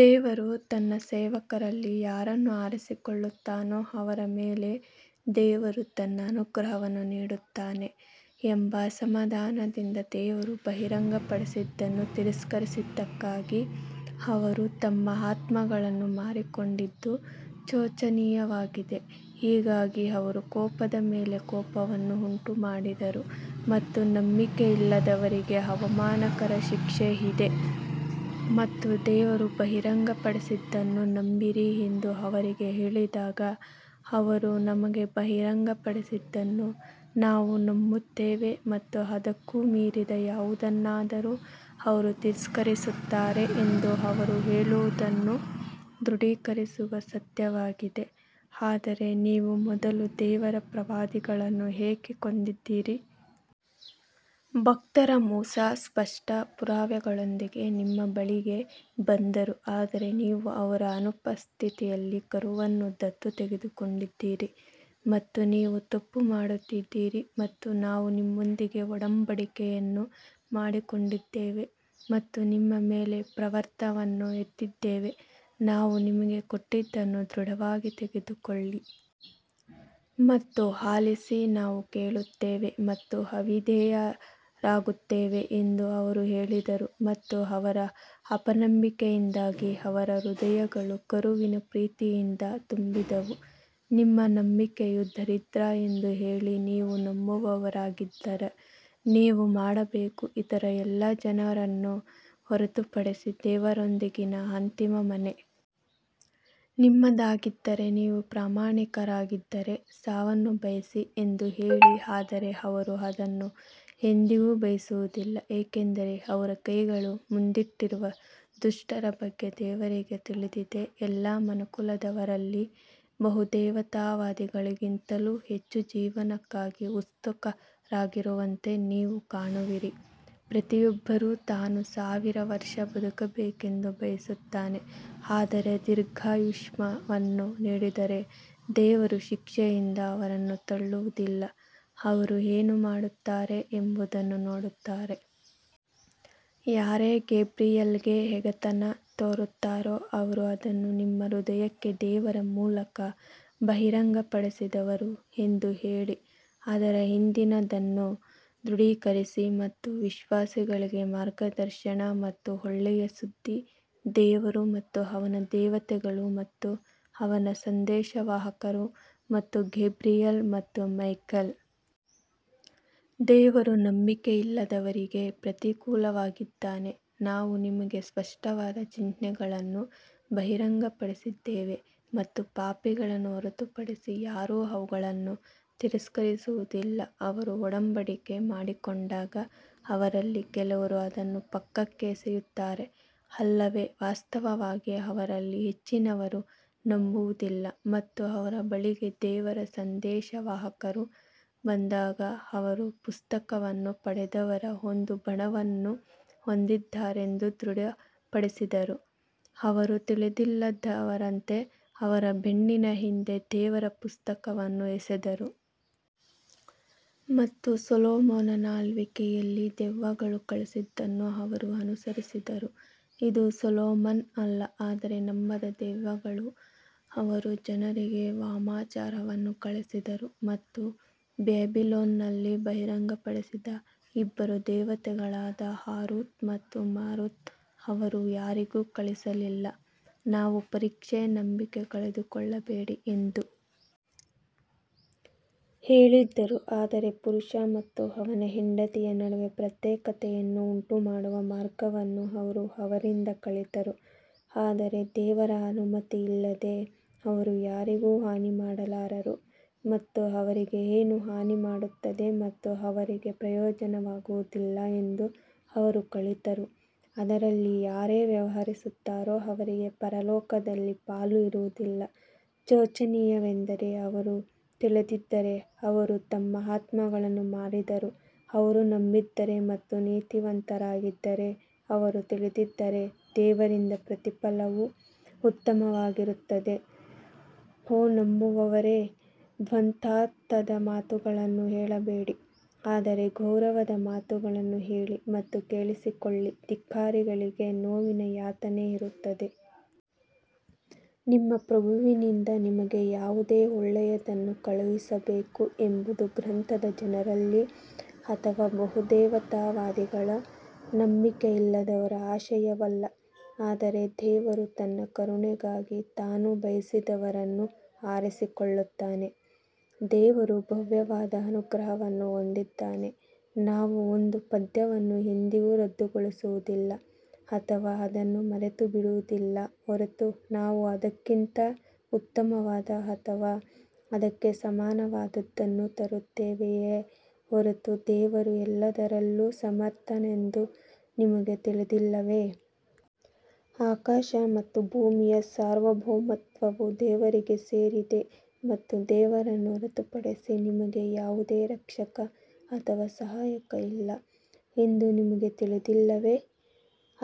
ದೇವರು ತನ್ನ ಸೇವಕರಲ್ಲಿ ಯಾರನ್ನು ಆರಿಸಿಕೊಳ್ಳುತ್ತಾನೋ ಅವರ ಮೇಲೆ ದೇವರು ತನ್ನ ಅನುಗ್ರಹವನ್ನು ನೀಡುತ್ತಾನೆ ಎಂಬ ಅಸಮಾಧಾನದಿಂದ ದೇವರು ಬಹಿರಂಗಪಡಿಸಿದ್ದನ್ನು ತಿರಸ್ಕರಿಸಿದ್ದಕ್ಕಾಗಿ ಅವರು ತಮ್ಮ ಆತ್ಮಗಳನ್ನು ಮಾರಿಕೊಂಡದ್ದು ಶೋಚನೀಯವಾಗಿದೆ ಹೀಗಾಗಿ ಅವರು ಕೋಪದ ಮೇಲೆ ಕೋಪವನ್ನು ಉಂಟುಮಾಡಿದರು ಮತ್ತು ನಂಬಿಕೆಯಿಲ್ಲದವರಿಗೆ ಅವಮಾನಕರ ಶಿಕ್ಷೆ ಇದೆ. ಮತ್ತು ದೇವರು ಬಹಿರಂಗಪಡಿಸಿದ್ದನ್ನು ನಂಬಿರಿ ಎಂದು ಅವರಿಗೆ ಹೇಳಿದಾಗ ಅವರು ನಮಗೆ ಬಹಿರಂಗಪಡಿಸಿದ್ದನ್ನು ನಾವು ನಂಬುತ್ತೇವೆ ಮತ್ತು ಅದಕ್ಕೂ ಮೀರಿದ ಯಾವುದನ್ನಾದರೂ ಅವರು ತಿರಸ್ಕರಿಸುತ್ತಾರೆ ಎಂದು ಅವರು ಹೇಳುವುದನ್ನು ದೃಢೀಕರಿಸುವ ಸತ್ಯವಾಗಿದೆ ಆದರೆ ನೀವು ಮೊದಲು ದೇವರ ಪ್ರವಾದಿಗಳನ್ನು ಏಕೆ ಕೊಂದಿದ್ದೀರಿ. ಭಕ್ತರ ಮೂಸಾ ಸ್ಪಷ್ಟ ಪುರಾವೆಗಳೊಂದಿಗೆ ನಿಮ್ಮ ಬಳಿಗೆ ಬಂದರು ಆದರೆ ನೀವು ಅವರ ಅನುಪಸ್ಥಿತಿಯಲ್ಲಿ ಕರುವನ್ನು ದತ್ತು ತೆಗೆದುಕೊಂಡಿದ್ದೀರಿ ಮತ್ತು ನೀವು ತಪ್ಪು ಮಾಡುತ್ತಿದ್ದೀರಿ ಮತ್ತು ನಾವು ನಿಮ್ಮೊಂದಿಗೆ ಒಡಂಬಡಿಕೆಯನ್ನು ಮಾಡಿಕೊಂಡಿದ್ದೇವೆ ಮತ್ತು ನಿಮ್ಮ ಮೇಲೆ ಪರ್ವತವನ್ನು ಎತ್ತಿದ್ದೇವೆ ನಾವು ನಿಮಗೆ ಕೊಟ್ಟಿದ್ದನ್ನು ದೃಢವಾಗಿ ತೆಗೆದುಕೊಳ್ಳಿ ಮತ್ತು ಆಲಿಸಿ ನಾವು ಕೇಳುತ್ತೇವೆ ಮತ್ತು ಅವಿಧೇಯರಾಗುತ್ತೇವೆ ಎಂದು ಅವರು ಹೇಳಿದರು ಮತ್ತು ಅವರ ಅಪನಂಬಿಕೆಯಿಂದಾಗಿ ಅವರ ಹೃದಯಗಳು ಕರುವಿನ ಪ್ರೀತಿಯಿಂದ ತುಂಬಿದವು ನಿಮ್ಮ ನಂಬಿಕೆಯು ದರಿದ್ರ ಎಂದು ಹೇಳಿ ನೀವು ನಂಬುವವರಾಗಿದ್ದರೆ ನೀವು ಮಾಡಬೇಕು ಇತರ ಎಲ್ಲ ಜನರನ್ನು ಹೊರತುಪಡಿಸಿ ದೇವರೊಂದಿಗಿನ ಅಂತಿಮ ಮನೆ ನಿಮ್ಮದಾಗಿದ್ದರೆ ನೀವು ಪ್ರಾಮಾಣಿಕರಾಗಿದ್ದರೆ ಸಾವನ್ನು ಬಯಸಿ ಎಂದು ಹೇಳಿ ಆದರೆ ಅವರು ಅದನ್ನು ಎಂದಿಗೂ ಬಯಸುವುದಿಲ್ಲ ಏಕೆಂದರೆ ಅವರ ಕೈಗಳು ಮುಂದಿಟ್ಟಿರುವ ದುಷ್ಟರ ಬಗ್ಗೆ ದೇವರಿಗೆ ತಿಳಿದಿದೆ ಎಲ್ಲಾ ಮನುಕುಲದವರಲ್ಲಿ ಬಹುದೇವತಾವಾದಿಗಳಿಗಿಂತಲೂ ಹೆಚ್ಚು ಜೀವನಕ್ಕಾಗಿ ಉತ್ಸುಕರಾಗಿರುವಂತೆ ನೀವು ಕಾಣುವಿರಿ ಪ್ರತಿಯೊಬ್ಬರೂ ತಾನು ಸಾವಿರ ವರ್ಷ ಬದುಕಬೇಕೆಂದು ಬಯಸುತ್ತಾನೆ ಆದರೆ ದೀರ್ಘಾಯುಷ್ಯವನ್ನು ನೀಡಿದರೆ ದೇವರು ಶಿಕ್ಷೆಯಿಂದ ಅವರನ್ನು ತಳ್ಳುವುದಿಲ್ಲ ಅವರು ಏನು ಮಾಡುತ್ತಾರೆ ಎಂಬುದನ್ನು ನೋಡುತ್ತಾರೆ. ಯಾರೇ ಗೇಬ್ರಿಯಲ್ಗೆ ಹಗೆತನ ತೋರುತ್ತಾರೋ ಅವರು ಅದನ್ನು ನಿಮ್ಮ ಹೃದಯಕ್ಕೆ ದೇವರ ಮೂಲಕ ಬಹಿರಂಗಪಡಿಸಿದವರು ಎಂದು ಹೇಳಿ ಅದರ ಹಿಂದಿನದನ್ನು ದೃಢೀಕರಿಸಿ ಮತ್ತು ವಿಶ್ವಾಸಿಗಳಿಗೆ ಮಾರ್ಗದರ್ಶನ ಮತ್ತು ಒಳ್ಳೆಯ ಸುದ್ದಿ ದೇವರು ಮತ್ತು ಅವನ ದೇವತೆಗಳು ಮತ್ತು ಅವನ ಸಂದೇಶವಾಹಕರು ಮತ್ತು ಗೇಬ್ರಿಯಲ್ ಮತ್ತು ಮೈಕೆಲ್ ದೇವರು ನಂಬಿಕೆಯಿಲ್ಲದವರಿಗೆ ಪ್ರತಿಕೂಲವಾಗಿದ್ದಾನೆ ನಾವು ನಿಮಗೆ ಸ್ಪಷ್ಟವಾದ ಚಿಹ್ನೆಗಳನ್ನು ಬಹಿರಂಗಪಡಿಸಿದ್ದೇವೆ ಮತ್ತು ಪಾಪಿಗಳನ್ನು ಹೊರತುಪಡಿಸಿ ಯಾರೂ ಅವುಗಳನ್ನು ತಿರಸ್ಕರಿಸುವುದಿಲ್ಲ ಅವರು ಒಡಂಬಡಿಕೆ ಮಾಡಿಕೊಂಡಾಗ ಅವರಲ್ಲಿ ಕೆಲವರು ಅದನ್ನು ಪಕ್ಕಕ್ಕೆ ಎಸೆಯುತ್ತಾರೆ ಅಲ್ಲವೇ ವಾಸ್ತವವಾಗಿ ಅವರಲ್ಲಿ ಹೆಚ್ಚಿನವರು ನಂಬುವುದಿಲ್ಲ ಮತ್ತು ಅವರ ಬಳಿಗೆ ದೇವರ ಸಂದೇಶವಾಹಕರು ಬಂದಾಗ ಅವರು ಪುಸ್ತಕವನ್ನು ಪಡೆದವರ ಒಂದು ಬಣವನ್ನು ಹೊಂದಿದ್ದಾರೆಂದು ದೃಢಪಡಿಸಿದರು ಅವರು ತಿಳಿದಿಲ್ಲದವರಂತೆ ಅವರ ಬೆನ್ನಿನ ಹಿಂದೆ ದೇವರ ಪುಸ್ತಕವನ್ನು ಎಸೆದರು. ಮತ್ತು ಸೊಲೊಮೋನನ ಆಳ್ವಿಕೆಯಲ್ಲಿ ದೆವ್ವಗಳು ಕಲಿಸಿದ್ದನ್ನು ಅವರು ಅನುಸರಿಸಿದರು ಇದು ಸೊಲೊಮನ್ ಅಲ್ಲ ಆದರೆ ನಂಬದ ದೆವ್ವಗಳು ಅವರು ಜನರಿಗೆ ವಾಮಾಚಾರವನ್ನು ಕಲಿಸಿದರು ಮತ್ತು ಬ್ಯಾಬಿಲೋನ್ನಲ್ಲಿ ಬಹಿರಂಗಪಡಿಸಿದ ಇಬ್ಬರು ದೇವತೆಗಳಾದ ಹಾರೂತ್ ಮತ್ತು ಮಾರುತ್ ಅವರು ಯಾರಿಗೂ ಕಲಿಸಲಿಲ್ಲ. ನಾವು ಪರೀಕ್ಷೆ ನಂಬಿಕೆ ಕಳೆದುಕೊಳ್ಳಬೇಡಿ ಎಂದು ಹೇಳಿದ್ದರು ಆದರೆ ಪುರುಷ ಮತ್ತು ಅವನ ಹೆಂಡತಿಯ ನಡುವೆ ಪ್ರತ್ಯೇಕತೆಯನ್ನು ಉಂಟುಮಾಡುವ ಮಾರ್ಗವನ್ನು ಅವರು ಅವರಿಂದ ಕಲಿತರು ಆದರೆ ದೇವರ ಅನುಮತಿಯಿಲ್ಲದೆ ಅವರು ಯಾರಿಗೂ ಹಾನಿ ಮಾಡಲಾರರು ಮತ್ತು ಅವರಿಗೆ ಏನು ಹಾನಿ ಮಾಡುತ್ತದೆ ಮತ್ತು ಅವರಿಗೆ ಪ್ರಯೋಜನವಾಗುವುದಿಲ್ಲ ಎಂದು ಅವರು ಕಲಿತರು ಅದರಲ್ಲಿ ಯಾರೇ ವ್ಯವಹರಿಸುತ್ತಾರೋ ಅವರಿಗೆ ಪರಲೋಕದಲ್ಲಿ ಪಾಲು ಇರುವುದಿಲ್ಲ ಶೋಚನೀಯವೆಂದರೆ ಅವರು ತಿಳಿದಿದ್ದರೆ ಅವರು ತಮ್ಮ ಆತ್ಮಗಳನ್ನು ಮಾರಿದರು ಅವರು ನಂಬಿದ್ದರೆ ಮತ್ತು ನೀತಿವಂತರಾಗಿದ್ದರೆ ಅವರು ತಿಳಿದಿದ್ದರೆ ದೇವರಿಂದ ಪ್ರತಿಫಲವು ಉತ್ತಮವಾಗಿರುತ್ತದೆ ಓ ನಂಬುವವರೇ ದ್ವಂದ್ವಾರ್ಥದ ಮಾತುಗಳನ್ನು ಹೇಳಬೇಡಿ ಆದರೆ ಗೌರವದ ಮಾತುಗಳನ್ನು ಹೇಳಿ ಮತ್ತು ಕೇಳಿಸಿಕೊಳ್ಳಿ ಧಿಕ್ಕಾರಿಗಳಿಗೆ ನೋವಿನ ಯಾತನೆ ಇರುತ್ತದೆ. ನಿಮ್ಮ ಪ್ರಭುವಿನಿಂದ ನಿಮಗೆ ಯಾವುದೇ ಒಳ್ಳೆಯದನ್ನು ಕಳುಹಿಸಬೇಕು ಎಂಬುದು ಗ್ರಂಥದ ಜನರಲ್ಲಿ ಅಥವಾ ಬಹುದೇವತಾವಾದಿಗಳ ನಂಬಿಕೆಯಿಲ್ಲದವರ ಆಶಯವಲ್ಲ ಆದರೆ ದೇವರು ತನ್ನ ಕರುಣೆಗಾಗಿ ತಾನು ಬಯಸಿದವರನ್ನು ಆರಿಸಿಕೊಳ್ಳುತ್ತಾನೆ ದೇವರು ಭವ್ಯವಾದ ಅನುಗ್ರಹವನ್ನು ಹೊಂದಿದ್ದಾನೆ. ನಾವು ಒಂದು ಪದ್ಯವನ್ನು ಎಂದಿಗೂ ರದ್ದುಗೊಳಿಸುವುದಿಲ್ಲ ಅಥವಾ ಅದನ್ನು ಮರೆತುಬಿಡುವುದಿಲ್ಲ ಹೊರತು ನಾವು ಅದಕ್ಕಿಂತ ಉತ್ತಮವಾದ ಅಥವಾ ಅದಕ್ಕೆ ಸಮಾನವಾದದ್ದನ್ನು ತರುತ್ತೇವೆಯೇ ಹೊರತು ದೇವರು ಎಲ್ಲದರಲ್ಲೂ ಸಮರ್ಥನೆಂದು ನಿಮಗೆ ತಿಳಿದಿಲ್ಲವೇ? ಆಕಾಶ ಮತ್ತು ಭೂಮಿಯ ಸಾರ್ವಭೌಮತ್ವವು ದೇವರಿಗೆ ಸೇರಿದೆ ಮತ್ತು ದೇವರನ್ನು ಹೊರತುಪಡಿಸಿ ನಿಮಗೆ ಯಾವುದೇ ರಕ್ಷಕ ಅಥವಾ ಸಹಾಯಕ ಇಲ್ಲ ಎಂದು ನಿಮಗೆ ತಿಳಿದಿಲ್ಲವೇ?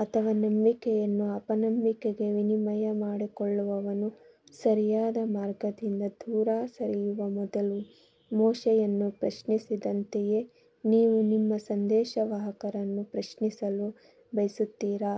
ಅಥವಾ ನಂಬಿಕೆಯನ್ನು ಅಪನಂಬಿಕೆಗೆ ವಿನಿಮಯ ಮಾಡಿಕೊಳ್ಳುವವನು ಸರಿಯಾದ ಮಾರ್ಗದಿಂದ ದೂರ ಸರಿಯುವ ಮೊದಲು ಮೋಶೆಯನ್ನು ಪ್ರಶ್ನಿಸಿದಂತೆಯೇ ನೀವು ನಿಮ್ಮ ಸಂದೇಶವಾಹಕರನ್ನು ಪ್ರಶ್ನಿಸಲು ಬಯಸುತ್ತೀರಾ?